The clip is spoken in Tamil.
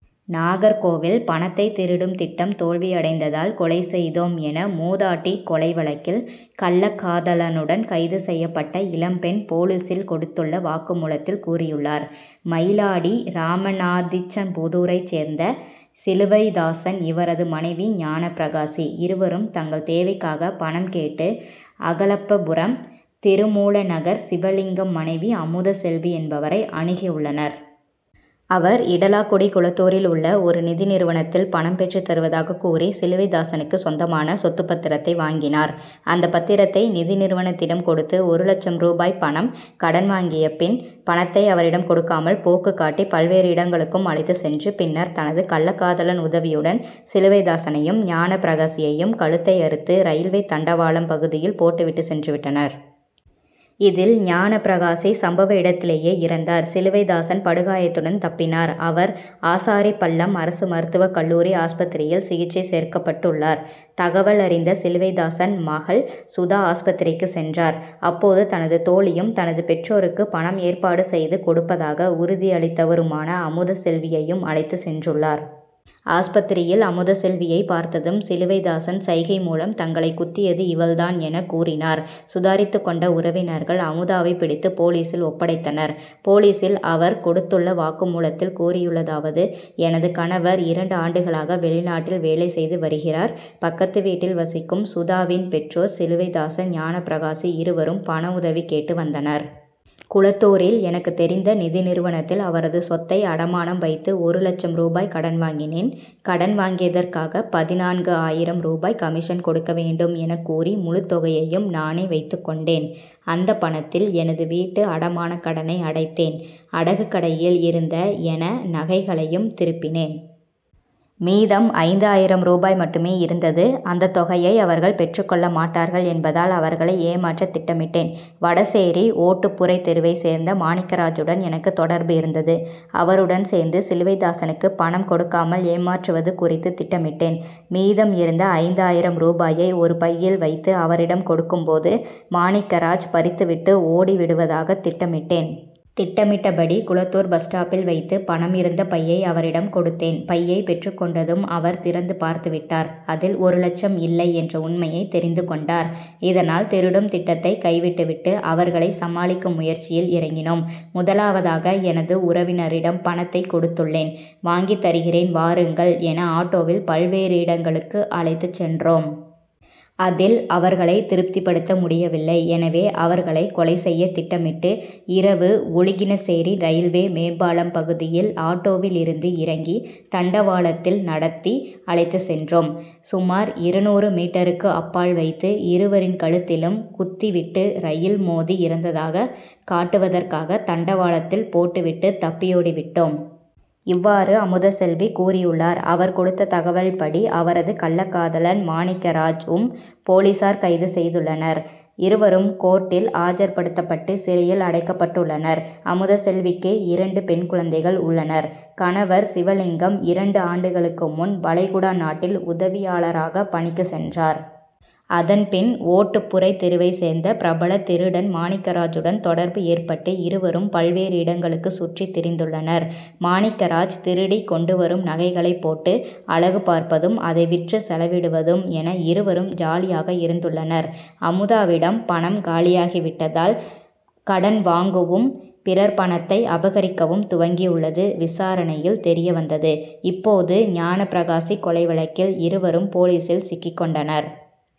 நாகர்கோவில் பணத்தை திருடும் திட்டம் தோல்வி அடைந்ததால் கொலை செய்தோம் என மூதாட்டி கொலை வழக்கில் கள்ளகாதலனுடன் கைது செய்யப்பட்ட இளம் பெண் போலீசில் கொடுத்துள்ள வாக்குமூலத்தில் கூறியுள்ளார். மயிலாடி ராமனாதிச்சன்புதூரை சேர்ந்த சிலுவைதாசன் இவரது மனைவி ஞானபிரகாசி. இருவரும் தங்கள் தேவைக்காக பணம் கேட்டு அழகப்பபுரம் திருமூலநகர் சிவலிங்கம் மனைவி அமுதசெல்வி என்பவரை அணுகியுள்ளனர். அவர் இடலாக்குடி குளத்தூரில் உள்ள ஒரு நிதி நிறுவனத்தில் பணம் பெற்று தருவதாக கூறி சிலுவைதாசனுக்கு சொந்தமான சொத்து பத்திரத்தை வாங்கினார். அந்த பத்திரத்தை நிதி நிறுவனத்திடம் கொடுத்து ஒரு லட்சம் ரூபாய் பணம் கடன் வாங்கியபின் பணத்தை அவரிடம் கொடுக்காமல் போக்கு காட்டி பல்வேறு இடங்களுக்கும் அழைத்து சென்று பின்னர் தனது கள்ளகாதலன் உதவியுடன் சிலுவைதாசனையும் ஞானபிரகாசியையும் கழுத்தை அறுத்து ரயில்வே தண்டவாளம் பகுதியில் போட்டுவிட்டு சென்றுவிட்டனர். இதில் ஞானபிரகாசி சம்பவ இடத்திலேயே இறந்தார். சிலுவைதாசன் படுகாயத்துடன் தப்பினார். அவர் ஆசாரிபள்ளம் அரசு மருத்துவ கல்லூரி ஆஸ்பத்திரியில் சிகிச்சை சேர்க்கப்பட்டுள்ளார். தகவல் அறிந்த சிலுவைதாசன் மகள் சுதா ஆஸ்பத்திரிக்கு சென்றார். அப்போது தனது தோழியும் தனது பெற்றோருக்கு பணம் ஏற்பாடு செய்து கொடுப்பதாக உறுதி அளித்தவருமான அமுதசெல்வியையும் அழைத்து சென்றுள்ளார். ஆஸ்பத்திரியில் அமுதசெல்வியை பார்த்ததும் சிலுவைதாசன் சைகைமூலம் தங்களை குத்தியது இவள்தான் என கூறினார். சுதாரித்துக்கொண்ட உறவினர்கள் அமுதாவை பிடித்து போலீசில் ஒப்படைத்தனர். போலீசில் அவர் கொடுத்துள்ள வாக்குமூலத்தில் கூறியுள்ளதாவது எனது கணவர் இரண்டு ஆண்டுகளாக வெளிநாட்டில் வேலை செய்து வருகிறார். பக்கத்துவீட்டில் வசிக்கும் சுதாவின் பெற்றோர் சிலுவைதாசன் ஞானபிரகாசி இருவரும் பண உதவி கேட்டு வந்தனர். குளத்தூரில் எனக்கு தெரிந்த நிதி நிறுவனத்தில் அவரது சொத்தை அடமானம் வைத்து ஒரு லட்சம் ரூபாய் கடன் வாங்கினேன். கடன் வாங்கியதற்காக பதினான்கு ஆயிரம் ரூபாய் கமிஷன் கொடுக்க வேண்டும் என கூறி முழு தொகையையும் நானே வைத்துக்கொண்டேன். அந்த பணத்தில் எனது வீட்டு அடமான கடனை அடைத்தேன் அடகு கடையில் இருந்த என நகைகளையும் திருப்பினேன். மீதம் ஐந்து ஆயிரம் ரூபாய் மட்டுமே இருந்தது. அந்த தொகையை அவர்கள் பெற்றுக்கொள்ள மாட்டார்கள் என்பதால் அவர்களை ஏமாற்ற திட்டமிட்டேன். வடசேரி ஓட்டுப்புரை தெருவை சேர்ந்த மாணிக்கராஜூடன் எனக்கு தொடர்பு இருந்தது. அவருடன் சேர்ந்து சிலுவைதாசனுக்கு பணம் கொடுக்காமல் ஏமாற்றுவது குறித்து திட்டமிட்டேன். மீதம் இருந்த ஐந்து ஆயிரம் ரூபாயை ஒரு பையில் வைத்து அவரிடம் கொடுக்கும்போது மாணிக்கராஜ் பறித்துவிட்டு ஓடிவிடுவதாக திட்டமிட்டேன். திட்டமிட்டபடி குளத்தூர் பஸ் ஸ்டாப்பில் வைத்து பணம் இருந்த பையை அவரிடம் கொடுத்தேன். பையை பெற்றுக்கொண்டதும் அவர் திறந்து பார்த்துவிட்டார். அதில் ஒரு லட்சம் இல்லை என்ற உண்மையை தெரிந்துக்கொண்டார். இதனால் திருடும் திட்டத்தை கைவிட்டுவிட்டு அவர்களை சமாளிக்கும் முயற்சியில் இறங்கினோம். முதலாவதாக எனது உறவினரிடம் பணத்தை கொடுத்துள்ளேன் வாங்கி தருகிறேன் வாருங்கள் என ஆட்டோவில் பல்வேறு இடங்களுக்கு அழைத்து சென்றோம். அதில் அவர்களை திருப்திப்படுத்த முடியவில்லை. எனவே அவர்களை கொலை செய்ய திட்டமிட்டு இரவு ஒழுகினசேரி ரயில்வே மேம்பாலம் பகுதியில் ஆட்டோவில் இருந்து இறங்கி தண்டவாளத்தில் நடத்தி அழைத்து சென்றோம். சுமார் இருநூறு மீட்டருக்கு அப்பால் வைத்து இருவரின் கழுத்திலும் குத்திவிட்டு ரயில் மோதி இறந்ததாக காட்டுவதற்காக தண்டவாளத்தில் போட்டுவிட்டு தப்பியோடிவிட்டோம். இவ்வாறு அமுதசெல்வி கூறியுள்ளார். அவர் கொடுத்த தகவல்படி அவரது கள்ளகாதலன் மாணிக்கராஜ் யும் போலீசார் கைது செய்துள்ளனர். இருவரும் கோர்டில் ஆஜர்படுத்தப்பட்டு சிறையில் அடைக்கப்பட்டுள்ளனர். அமுதசெல்விக்கு இரண்டு பெண் குழந்தைகள் உள்ளனர். கணவர் சிவலிங்கம் இரண்டு ஆண்டுகளுக்கு முன் வளைகுடா நாட்டில் உதவியாளராக பணிக்கு சென்றார். அதன்பின் ஓட்டுப்புரை தெருவை சேர்ந்த பிரபல திருடன் மாணிக்கராஜுடன் தொடர்பு ஏற்பட்டு இருவரும் பல்வேறு இடங்களுக்கு சுற்றி திரிந்துள்ளனர். மாணிக்கராஜ் திருடி கொண்டு வரும் நகைகளை போட்டு அழகு பார்ப்பதும் அதை விற்று செலவிடுவதும் என இருவரும் ஜாலியாக இருந்துள்ளனர். அமுதாவிடம் பணம் காலியாகிவிட்டதால் கடன் வாங்குவும் பிறர் பணத்தை அபகரிக்கவும் துவங்கியுள்ளது விசாரணையில் தெரியவந்தது. இப்போது ஞானபிரகாசி கொலை வழக்கில் இருவரும் போலீசில் சிக்கிக்கொண்டனர்.